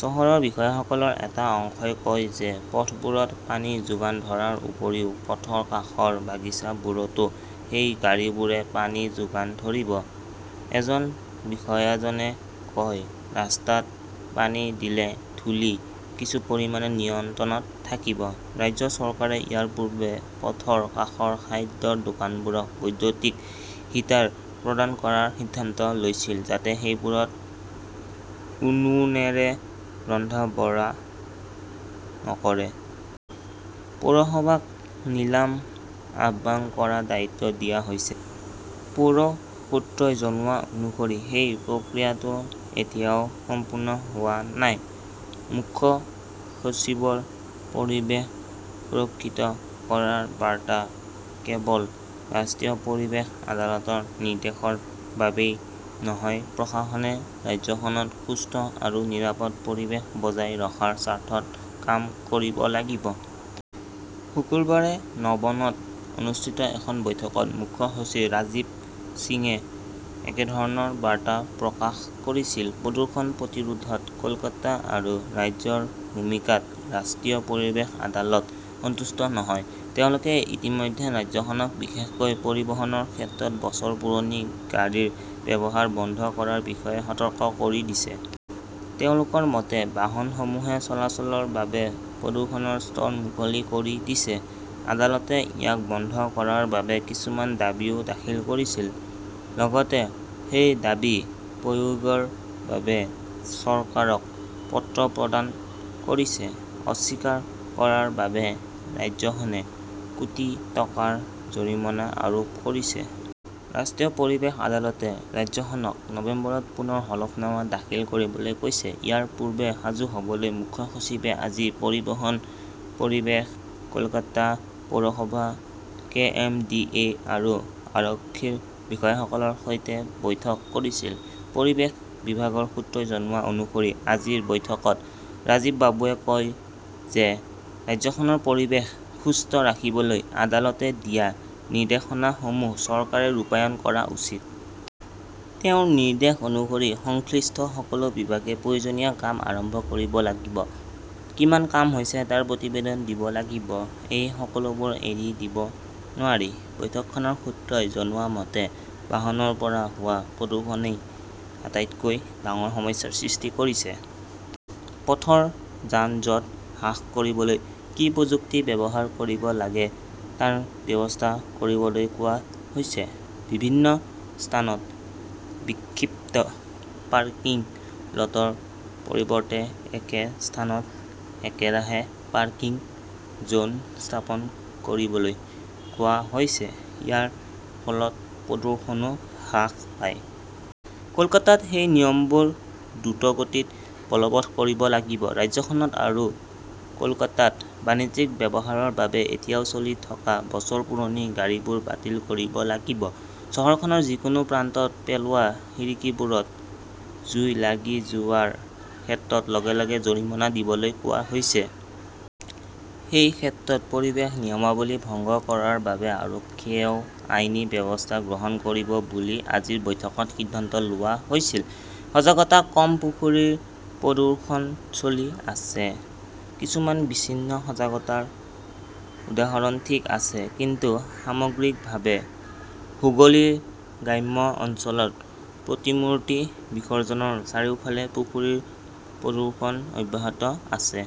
চহৰৰ বিষয়াসকলৰ এটা অংশই কয় যে পথবোৰত পানী যোগান ধৰাৰ উপৰিও পথৰ কাষৰ বাগিচাবোৰতো সেই গাড়ীবোৰে পানী যোগান ধৰিব। এজন বিষয়াজনে কয়, ৰাস্তাত পানী দিলে ধূলি কিছু পৰিমাণে নিয়ন্ত্ৰণত থাকিব। ৰাজ্য চৰকাৰে ইয়াৰ পূৰ্বে পথৰ কাষৰ খাদ্যৰ দোকানবোৰক বৈদ্যুতিক হিটাৰ প্ৰদান কৰাৰ সিদ্ধান্ত লৈছিল যাতে সেইবোৰত উনুনেৰে ৰন্ধা-বঢ়া নকৰে। পৌৰসভাক নিলাম আহ্বান কৰাৰ দায়িত্ব দিয়া হৈছে। অৱশ্যে, পৌৰ সূত্ৰই জনোৱা অনুসৰি সেই প্ৰক্ৰিয়াটো এতিয়াও সম্পূৰ্ণ হোৱা নাই। মুখ্য সচিবৰ পৰিৱেশ সুৰক্ষিত কৰাৰ বাৰ্তা কেৱল ৰাষ্ট্ৰীয় পৰিৱেশ আদালতৰ নিৰ্দেশৰ বাবেই নহয়, প্ৰশাসনে ৰাজ্যখনত সুস্থ আৰু নিৰাপদ পৰিৱেশ বজাই ৰখাৰ স্বাৰ্থত কাম কৰিব লাগিব। শুকুৰবাৰে নবনত অনুষ্ঠিত এখন বৈঠকত মুখ্য সচিব ৰাজীৱ সিঙে একেধৰণৰ বাৰ্তা প্ৰকাশ কৰিছিল। প্ৰদূষণ প্ৰতিৰোধত কলকাতা আৰু ৰাজ্যৰ ভূমিকাত ৰাষ্ট্ৰীয় পৰিৱেশ আদালত সন্তুষ্ট নহয়। তেওঁলোকে ইতিমধ্যে ৰাজ্যখনক বিশেষকৈ পৰিবহণৰ ক্ষেত্ৰত বছৰ পুৰণি গাড়ীৰ ব্যৱহাৰ বন্ধ কৰাৰ বিষয়ে সতৰ্ক কৰি দিছে। তেওঁলোকৰ মতে, বাহনসমূহে চলাচলৰ বাবে প্ৰদূষণৰ স্তৰ মুকলি কৰি দিছে। আদালতে ইয়াক বন্ধ কৰাৰ বাবে কিছুমান দাবীও দাখিল কৰিছিল। লগতে সেই দাবী প্ৰয়োগৰ বাবে চৰকাৰক পত্ৰ প্ৰদান কৰিছে। অস্বীকাৰ কৰাৰ বাবে ৰাজ্যখনে কোটি টকাৰ জৰিমনা আৰোপ কৰিছে। ৰাষ্ট্ৰীয় পৰিৱেশ আদালতে ৰাজ্যখনক নৱেম্বৰত পুনৰ হলফনামা দাখিল কৰিবলৈ কৈছে। ইয়াৰ পূৰ্বে সাজু হ'বলৈ মুখ্য সচিবে আজি পৰিবহণ, পৰিৱেশ, কলকাতা পৌৰসভা, কে. এম. ডি. এ. আৰু আৰক্ষীৰ বিষয়াসকলৰ সৈতে বৈঠক কৰিছিল। পৰিৱেশ বিভাগৰ সূত্ৰই জনোৱা অনুসৰি আজিৰ বৈঠকত ৰাজীৱ বাবুৱে কয় যে ৰাজ্যখনৰ পৰিৱেশ সুস্থ ৰাখিবলৈ আদালতে দিয়া নিৰ্দেশনাসমূহ চৰকাৰে ৰূপায়ণ কৰা উচিত। তেওঁৰ নিৰ্দেশ অনুসৰি সংশ্লিষ্ট সকলো বিভাগে প্ৰয়োজনীয় কাম আৰম্ভ কৰিব লাগিব। কিমান কাম হৈছে তাৰ প্ৰতিবেদন দিব লাগিব। এই সকলোবোৰ এৰি দিব নোৱাৰি। বৈঠকখনৰ সূত্ৰই জনোৱা মতে, বাহনৰ পৰা হোৱা প্ৰদূষণই আটাইতকৈ ডাঙৰ সমস্যাৰ সৃষ্টি কৰিছে। পথৰ যান-জঁট হ্ৰাস কৰিবলৈ কি প্ৰযুক্তি ব্যৱহাৰ কৰিব লাগে তাৰ ব্যৱস্থা কৰিবলৈ কোৱা হৈছে। বিভিন্ন স্থানত বিক্ষিপ্ত পাৰ্কিং লটৰ পৰিৱৰ্তে একে স্থানত একেৰাহে পাৰ্কিং জন স্থাপন কৰিবলৈ কোৱা হৈছে। ইয়াৰ ফলত প্ৰদূষণও হ্ৰাস পায়। কলকাতাত সেই নিয়মবোৰ দ্ৰুতগতিত বলৱৎ কৰিব লাগিব। ৰাজ্যখনত আৰু কলকাতাত বাণিজ্যিক ব্যৱহাৰৰ বাবে এতিয়াও চলি থকা বছৰ পুৰণি গাড়ীবোৰ বাতিল কৰিব লাগিব। চহৰখনৰ যিকোনো প্ৰান্তত পেলোৱা খিৰিকীবোৰত জুই লাগি যোৱাৰ ক্ষেত্ৰত লগে লগে জৰিমনা দিবলৈ কোৱা হৈছে। সেই ক্ষেত্ৰত পৰিৱেশ নিয়মাৱলী ভংগ কৰাৰ বাবে আৰক্ষীয়েও আইনী ব্যৱস্থা গ্ৰহণ কৰিব বুলি আজিৰ বৈঠকত সিদ্ধান্ত লোৱা হৈছিল। সজাগতা কম, পুখুৰীৰ প্ৰদূষণ চলি আছে কিছুমান বিচ্ছিন্ন সজাগতাৰ উদাহৰণ ঠিক আছে। কিন্তু সামগ্ৰিকভাৱে, হুগলীৰ গ্ৰাম্য অঞ্চলত প্ৰতিমূৰ্তি বিসৰ্জনৰ চাৰিওফালে পুখুৰীৰ প্ৰদূষণ অব্যাহত আছে।